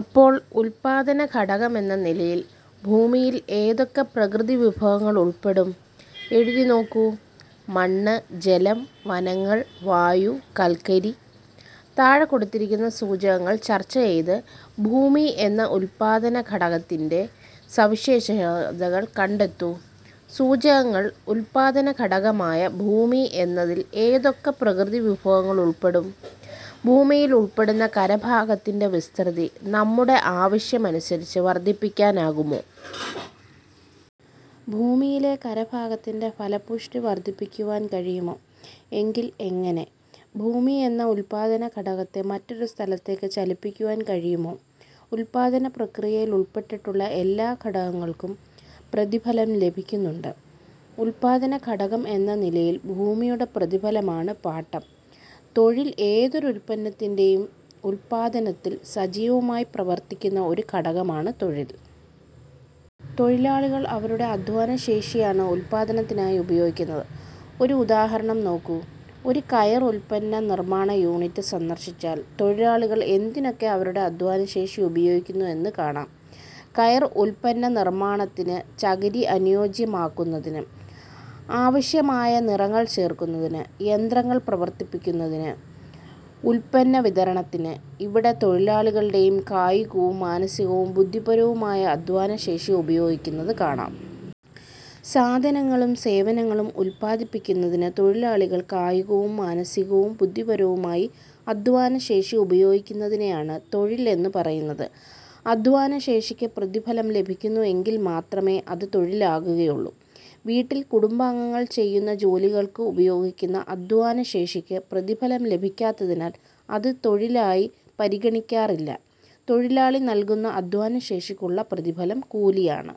അപ്പോൾ ഉല്പാദനഘടകമെന്ന നിലയിൽ ഭൂമിയിൽ ഏതൊക്കെ പ്രകൃതിവിഭവങ്ങൾ ഉൾപ്പെടും? എഴുതിനോക്കൂ. മണ്ണ്, ജലം, വനങ്ങൾ, വായു, കൽക്കരി. താഴെ കൊടുത്തിരിക്കുന്ന സൂചകങ്ങൾ ചർച്ച ചെയ്ത് ഭൂമി എന്ന ഉല്പാദനഘടകത്തിന്റെ സവിശേഷതകൾ കണ്ടെത്തൂ. സൂചകങ്ങൾ ഉല്പാദന ഘടകമായ ഭൂമി എന്നതിൽ ഏതൊക്കെ പ്രകൃതിവിഭവങ്ങൾ ഉൾപ്പെടും? ഭൂമിയിൽ ഉൾപ്പെടുന്ന കരഭാഗത്തിന്റെ വിസ്തൃതി നമ്മുടെ ആവശ്യം അനുസരിച്ച് വർദ്ധിപ്പിക്കുവാനാകുമോ? ഭൂമിയിലെ കരഭാഗത്തിന്റെ ഫലപുഷ്ടി വർദ്ധിപ്പിക്കുവാൻ കഴിയുമോ? എങ്കിൽ എങ്ങനെ? ഭൂമി എന്ന ഉല്പാദനഘടകത്തെ മറ്റൊരു സ്ഥലത്തേക്ക് ചലിപ്പി ക്കുവാൻ കഴിയുമോ? ഉല്പാദനപ്രക്രിയയിൽ ഉൾപ്പെട്ടിട്ടുള്ള എല്ലാ ഘടകങ്ങൾക്കും പ്രതിഫലം ലഭിക്കുന്നുണ്ട്. ഉല്പാദനഘടകം എന്ന നിലയിൽ ഭൂമിയുടെ പ്രതിഫലമാണ് പാട്ടം. തൊഴിൽ ഏതൊരു ഉല്പന്നത്തിന്റെയും ഉല്പാദനത്തിൽ സജീവമായി പ്രവർത്തിക്കുന്ന ഒരു ഘടകമാണ് തൊഴിൽ. തൊഴിലാളികൾ അവരുടെ അദ്ധ്വാനശേഷിയാണ് ഉല്പാദനത്തിനായി ഉപയോഗിക്കുന്നത്. ഒരു ഉദാഹരണം നോക്കൂ. ഒരു കയർ ഉല്പന്ന നിർമ്മാണ യൂണിറ്റ് സന്ദർശിച്ചാൽ തൊഴിലാളികൾ എന്തിനൊക്കെ അവരുടെ അദ്ധ്വാന ശേഷി ഉപയോഗിക്കുന്നു എന്ന് കാണാം കയർ ഉല്പന്നനിർമ്മാണത്തിന് ചകിരി അനുയോജ്യമാക്കുന്നതിന്. ആവശ്യമായ നിറങ്ങൾ ചേർക്കുന്നതിന്. യന്ത്രങ്ങൾ പ്രവർത്തിപ്പിക്കുന്നതിന് ഉല്പന്നവിതരണത്തിന്. ഇവിടെ തൊഴിലാളികളുടെ കായികവും മാനസികവും ബുദ്ധിപരവുമായ അദ്ധ്വാനശേഷി ഉപയോഗിക്കുന്നത് കാണാം. സാധനങ്ങളും സേവനങ്ങളും ഉല്പാദിപ്പിക്കുന്നതിന് തൊഴിലാളികൾ കായികവും മാനസികവും ബുദ്ധിപരവുമായി അധ്വാനശേഷി ഉപയോഗിക്കുന്നതിനെയാണ് തൊഴിൽ എന്നു പറയുന്നത്. അധ്വാനശേഷിക്ക് പ്രതിഫലം ലഭിക്കുന്നു എങ്കിൽ മാത്രമേ അത് തൊഴിലാകുകയുള്ളൂ. വീട്ടിൽ കുടുംബാംഗങ്ങൾ ചെയ്യുന്ന ജോലികൾക്ക് ഉപയോഗിക്കുന്ന അധ്വാന ശേഷിക്ക് പ്രതിഫലം ലഭിക്കാത്തതിനാൽ അത് തൊഴിലായി പരിഗണിക്കാറില്ല. തൊഴിലാളി നൽകുന്ന അദ്ധ്വാനശേഷിക്കുള്ള പ്രതിഫലം കൂലിയാണ്.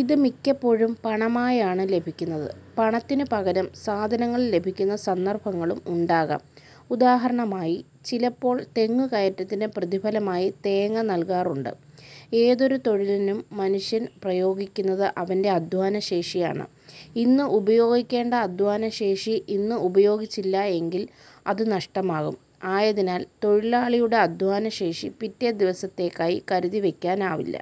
ഇത് മിക്കപ്പോഴും പണമായാണ് ലഭിക്കുന്നത്. പണത്തിനു പകരം സാധനങ്ങൾ ലഭിക്കുന്ന സന്ദർഭങ്ങളും ഉണ്ടാകാം. ഉദാഹരണമായി ചിലപ്പോൾ തെങ്ങുകയറ്റത്തിന് പ്രതിഫലമായി തേങ്ങ നൽകാറുണ്ട്. ഏതൊരു തൊഴിലിനും മനുഷ്യൻ പ്രയോഗിക്കുന്നത് അവന്റെ അദ്ധ്വാനശേഷിയാണ്. ഇന്ന് ഉപയോഗിക്കേണ്ട അദ്ധ്വാനശേഷി ഇന്ന് ഉപയോഗിച്ചില്ല എങ്കിൽ അത് നഷ്ടമാകും. ആയതിനാൽ തൊഴിലാളി യുടെ അദ്ധ്വാനശേഷി പിറ്റേ ദിവസത്തേക്കായി കരുതി വയ്ക്കാനാവില്ല.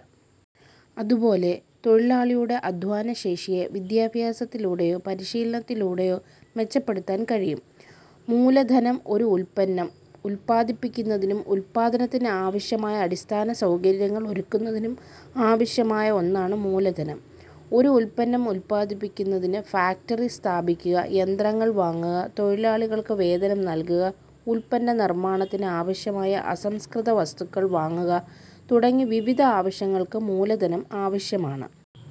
അതുപോലെ തൊഴിലാളിയുടെ അധ്വാനശേഷിയെ വിദ്യാഭ്യാസത്തിലൂടെയോ പരിശീലനത്തിലൂടെയോ മെച്ചപ്പെടുത്താൻ കഴിയും. മൂലധനം ഒരു ഉല്പന്നം ഉല്പാദിപ്പിക്കുന്നതിനും ഉല്പാദനത്തിന് ആവശ്യമായ അടിസ്ഥാനസൗകര്യങ്ങൾ ഒരുക്കുന്നതിനും ആവശ്യമായ ഒന്നാണ് മൂലധനം. ഒരു ഉല്പന്നം ഉല്പാദിപ്പിക്കുന്നതിന് ഫാക്ടറി സ്ഥാപിക്കുക, യന്ത്രങ്ങൾ വാങ്ങുക, തൊഴിലാളികൾക്ക് വേതനം നൽകുക, ഉല്പന്ന നിർമ്മാണത്തിന് ആവശ്യമായ അസംസ്കൃതവസ്തുക്കൾ വാങ്ങുക തുടങ്ങി വിവിധ ആവശ്യങ്ങൾക്ക് മൂലധനം ആവശ്യമാണ്.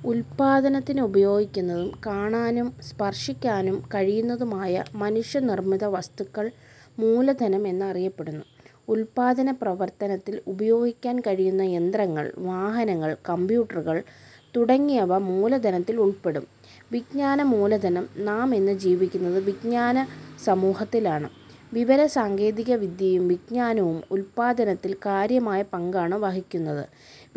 ഉല്പാദനത്തിന് ഉപയോഗിക്കുന്നതും കാണാനും സ്പർശിക്കാനും കഴിയുന്നതുമായ മനുഷ്യനിർമ്മിത വസ്തുക്കൾ മൂലധനം എന്നറിയപ്പെടുന്നു. ഉല്പാദന പ്രവർത്തനത്തിൽ ഉപയോഗിക്കാൻ കഴിയുന്ന യന്ത്രങ്ങൾ, വാഹനങ്ങൾ, കമ്പ്യൂട്ടറുകൾ തുടങ്ങിയവ മൂലധനത്തിൽ ഉൾപ്പെടും. വിജ്ഞാനമൂലധനം നാമിന്ന് ജീവിക്കുന്നത് വിജ്ഞാ നസമൂഹത്തിലാണ്. വിവരസാങ്കേതിക വിദ്യയും വിജ്ഞാനവും ഉല്പാദനത്തിൽ കാര്യമായ പങ്കാണ് വഹിക്കുന്നത്.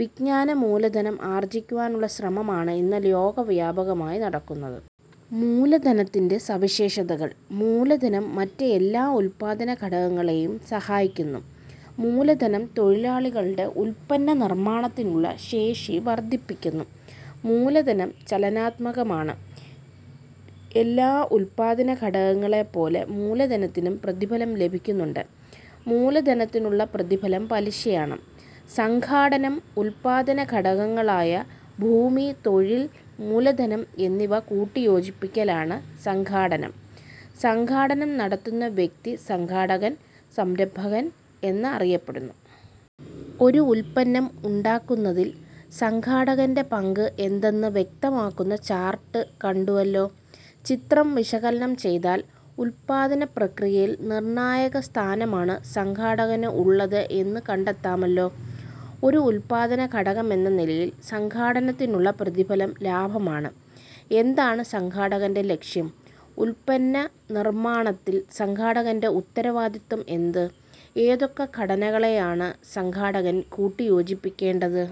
വിജ്ഞാനമൂലധനം ആർജ്ജിക്കാനുള്ള ശ്രമമാണ് ഇന്ന് ലോകവ്യാപകമായി നടക്കുന്നത്. മൂലധനത്തിന്റെ സവിശേഷതകൾ മൂലധനം മറ്റ് എല്ലാ ഉല്പാദനഘടകങ്ങളേയും സഹായിക്കുന്നു. മൂലധനം തൊഴിലാളികളുടെ ഉല്പന്ന നിർമ്മാണത്തിനുള്ള ശേഷി വർദ്ധിപ്പിക്കുന്നു. മൂലധനം ചലനാത്മകമാണ്. എല്ലാ ഉല്പാദനഘടകങ്ങളെപ്പോലെ മൂലധനത്തിനും പ്രതിഫലം ലഭിക്കുന്നുണ്ട്. മൂലധനത്തിനുള്ള പ്രതിഫലം പലിശയാണ്. സംഘാടനം ഉല്പാദന ഘടകങ്ങളായ ഭൂമി, തൊഴിൽ, മൂലധനം എന്നിവ കൂട്ടിയോജിപ്പിക്കലാണ് സംഘാടനം. സംഘാടനം നടത്തുന്ന വ്യക്തി സംഘാടകൻ/സംരംഭകൻ എന്നറിയപ്പെടുന്നു. ഒരു ഉല്പന്നം ഉണ്ടാക്കുന്നതിൽ സംഘാടകന്റെ പങ്ക് എന്തെന്ന് വ്യക്തമാക്കുന്ന ചാർട്ട് കണ്ടുവല്ലോ. ചിത്രം വിശകലനം ചെയ്താൽ ഉല്പാദനപ്രക്രിയയിൽ നിർണ്ണായകസ്ഥാനമാണ് സംഘാടകന് ഉള്ളത് എന്ന് കണ്ടെത്താമല്ലോ. ഒരു ഉല്പാദനഘടകമെന്ന നിലയിൽ സംഘാടനത്തിനുള്ള പ്രതിഫലം ലാഭമാണ്. എന്താണ് സംഘാടകന്റെ ലക്ഷ്യം? ഉല്പന്ന നിർമ്മാണത്തിൽ സംഘാടകന്റെ ഉത്തരവാദിത്വം എന്ത്? ഏതൊക്കെ ഘടകങ്ങളെയാണ് സംഘാടകൻ കൂട്ടിയോജിപ്പിക്കേണ്ടത്?